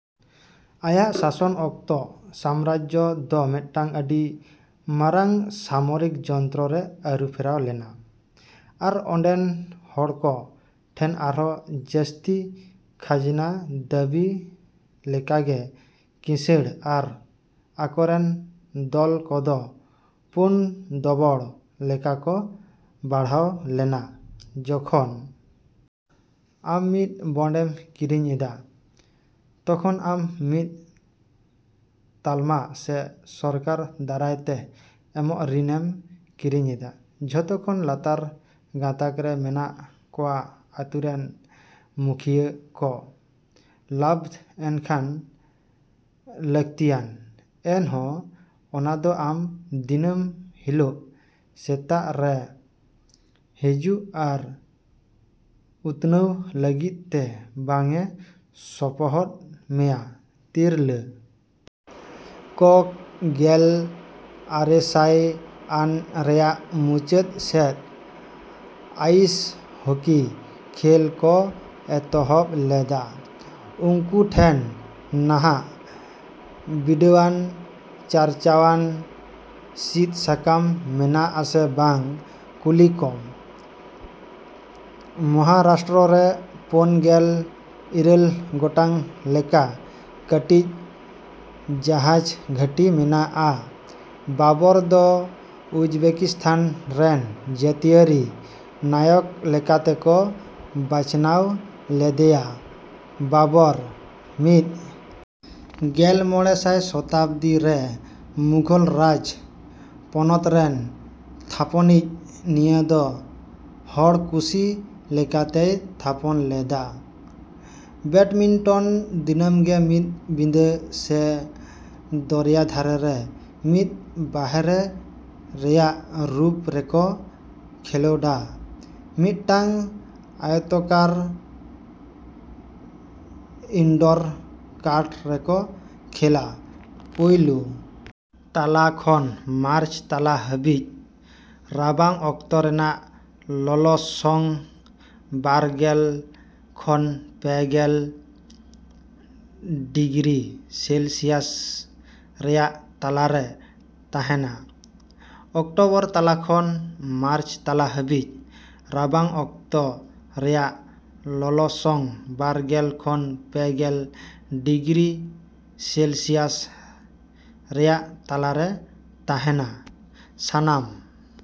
ᱟᱭᱟᱜ ᱥᱟᱥᱚᱱ ᱚᱠᱛᱚ, ᱥᱟᱢᱨᱟᱡᱽᱡᱚ ᱫᱚ ᱢᱤᱫᱴᱟᱝ ᱟᱹᱰᱤ ᱢᱟᱨᱟᱝ ᱥᱟᱢᱚᱨᱤᱠ ᱡᱚᱱᱛᱨᱚ ᱨᱮ ᱟᱹᱨᱩ ᱯᱷᱮᱨᱟᱣ ᱞᱮᱱᱟ ᱟᱨ ᱚᱸᱰᱮᱱ ᱦᱚᱲ ᱠᱚ ᱴᱷᱮᱱ ᱟᱨᱦᱚᱸ ᱡᱟᱹᱥᱛᱤ ᱠᱷᱟᱡᱽᱱᱟ ᱫᱟᱹᱵᱤ ᱞᱮᱠᱟᱜᱮ ᱠᱤᱥᱟᱹᱲ ᱟᱨ ᱟᱠᱚᱨᱮᱱ ᱫᱚᱞ ᱠᱚᱫᱚ ᱯᱳᱱ ᱫᱚᱵᱚᱲ ᱞᱮᱠᱟ ᱠᱚ ᱵᱟᱲᱦᱟᱣ ᱞᱮᱱᱟ᱾ᱡᱚᱠᱷᱚᱱ ᱟᱢ ᱢᱤᱫ ᱵᱚᱱᱰ ᱮᱢ ᱠᱤᱨᱤᱧ ᱮᱫᱟ, ᱛᱚᱠᱷᱚᱱ ᱟᱢ ᱢᱤᱫ ᱛᱟᱞᱢᱟ ᱥᱮ ᱥᱚᱨᱠᱟᱨ ᱫᱟᱨᱟᱭ ᱛᱮ ᱮᱢᱚᱜ ᱨᱤᱱ ᱮᱢ ᱠᱤᱨᱤᱧ ᱮᱫᱟ᱾ᱡᱚᱛᱚ ᱠᱷᱚᱱ ᱞᱟᱛᱟᱨ ᱜᱟᱸᱛᱟᱠ ᱨᱮ ᱢᱮᱱᱟᱜ ᱠᱚᱣᱟ ᱟᱛᱩ ᱨᱮᱱ ᱢᱩᱠᱷᱤᱭᱟᱹ ᱠᱚ᱾ᱞᱟᱵᱷᱫᱚ ᱮᱱᱠᱷᱟᱱ ᱞᱟᱹᱠᱛᱤᱭᱟᱱ, ᱮᱱᱦᱚᱸ ᱚᱱᱟᱫᱚ ᱟᱢ ᱫᱤᱱᱟᱹᱢ ᱦᱤᱞᱳᱜ ᱥᱮᱛᱟᱜ ᱨᱮ ᱦᱤᱡᱩᱜ ᱟᱨ ᱩᱛᱱᱟᱹᱣ ᱞᱟᱹᱜᱤᱫᱛᱮ ᱵᱟᱝᱼᱮ ᱥᱚᱯᱚᱦᱚᱫ ᱢᱮᱭᱟ᱾ᱛᱤᱨᱞᱟᱹ ᱠᱚ ᱜᱮᱞ ᱟᱨᱮ ᱥᱟᱭ ᱟᱱ ᱨᱮᱭᱟᱜ ᱢᱩᱪᱟᱹᱫ ᱥᱮᱫ ᱟᱭᱤᱥ ᱦᱚᱠᱤ ᱠᱷᱮᱞ ᱠᱚ ᱮᱛᱚᱦᱚᱵ ᱞᱮᱫᱟ᱾ᱩᱱᱠᱩ ᱴᱷᱮᱱ ᱱᱟᱦᱟᱜ ᱵᱤᱰᱟᱣᱟᱱᱼᱪᱟᱨᱪᱟᱣᱟᱱ ᱥᱤᱫᱥᱟᱠᱟᱢ ᱢᱮᱱᱟᱜ ᱟᱥᱮ ᱵᱟᱝ ᱠᱩᱞᱤᱠᱚᱢ᱾ᱢᱚᱦᱟᱨᱟᱥᱴᱨᱚ ᱨᱮ ᱯᱳᱱ ᱜᱮᱞ ᱤᱨᱟᱹᱞ ᱜᱚᱴᱟᱝ ᱞᱮᱠᱟ ᱠᱟᱹᱴᱤᱡ ᱡᱟᱦᱟᱡᱽ ᱜᱷᱟᱹᱴᱤ ᱢᱮᱱᱟᱜᱼᱟ᱾ᱵᱟᱵᱚᱨ ᱫᱚ ᱩᱡᱽᱵᱮᱠᱤᱥᱛᱟᱱ ᱨᱮᱱ ᱡᱟᱹᱛᱤᱭᱟᱹᱨᱤ ᱱᱟᱭᱚᱠ ᱞᱮᱠᱟᱛᱮᱠᱚ ᱵᱟᱪᱷᱱᱟᱣ ᱞᱮᱫᱮᱭᱟ᱾ᱵᱟᱵᱚᱨ, ᱢᱤᱫ ᱜᱮ ᱢᱚᱬᱮᱸ ᱥᱟᱭ ᱥᱚᱛᱟᱵᱽᱫᱤ ᱨᱮ ᱢᱩᱜᱷᱳᱞ ᱨᱟᱡᱽ ᱯᱚᱱᱚᱛᱨᱮᱱ ᱛᱷᱟᱯᱚᱱᱤᱡ, ᱱᱤᱭᱟᱹ ᱫᱚ ᱦᱚᱲᱠᱩᱥᱤ ᱞᱮᱠᱟᱛᱮᱭ ᱛᱷᱟᱯᱚᱱ ᱞᱮᱫᱟ᱾ᱵᱮᱰᱢᱤᱱᱴᱚᱱ ᱫᱤᱱᱟᱹᱢ ᱜᱮ ᱢᱤᱫ ᱯᱤᱸᱰᱟᱹ ᱥᱮ ᱫᱚᱨᱭᱟ ᱫᱷᱟᱨᱮ ᱨᱮ ᱢᱤᱫ ᱵᱟᱦᱨᱮ ᱨᱮᱭᱟᱜᱽ ᱨᱩᱯ ᱨᱮᱠᱚ ᱠᱷᱮᱞᱳᱰᱟ, ᱢᱤᱫ ᱴᱟᱝ ᱟᱭᱚᱛᱚᱠᱟᱨ ᱤᱱᱰᱚᱨ ᱠᱚᱨᱴ ᱨᱮᱠᱚ ᱠᱷᱮᱞᱟ᱾ᱯᱩᱭᱞᱳ ᱛᱟᱞᱟ ᱠᱷᱚᱱ ᱢᱟᱨᱪ ᱛᱟᱞᱟ ᱦᱟᱹᱵᱤᱡ ᱨᱟᱵᱟᱝ ᱚᱠᱛᱚ ᱨᱮᱱᱟᱜ ᱞᱚᱞᱚᱥᱚᱝ ᱵᱟᱨ ᱜᱮᱞ ᱠᱷᱚᱱ ᱯᱮ ᱜᱮᱞ ᱰᱤᱜᱽᱨᱤ ᱥᱮᱞᱥᱤᱭᱟᱥ ᱨᱮᱭᱟᱜ ᱛᱟᱞᱟ ᱨᱮ ᱛᱟᱦᱮᱸᱱᱟ᱾ᱚᱠᱴᱚᱵᱚᱨ ᱛᱟᱞᱟ ᱠᱷᱚᱱ ᱢᱟᱨᱪ ᱛᱟᱞᱟ ᱦᱟᱹᱵᱤᱡ ᱨᱟᱵᱟᱝ ᱚᱠᱛᱚ ᱨᱮᱱᱟᱜ ᱞᱚᱞᱚᱥᱚᱝ ᱵᱟᱨ ᱜᱮᱞ ᱠᱷᱚᱱ ᱯᱮ ᱜᱮᱞ ᱰᱤᱜᱽᱨᱤ ᱥᱮᱞᱥᱤᱭᱟᱥ ᱨᱮᱭᱟᱜ ᱛᱟᱞᱟ ᱨᱮ ᱛᱟᱦᱮᱸᱱᱟ᱾ᱥᱟᱱᱟᱢ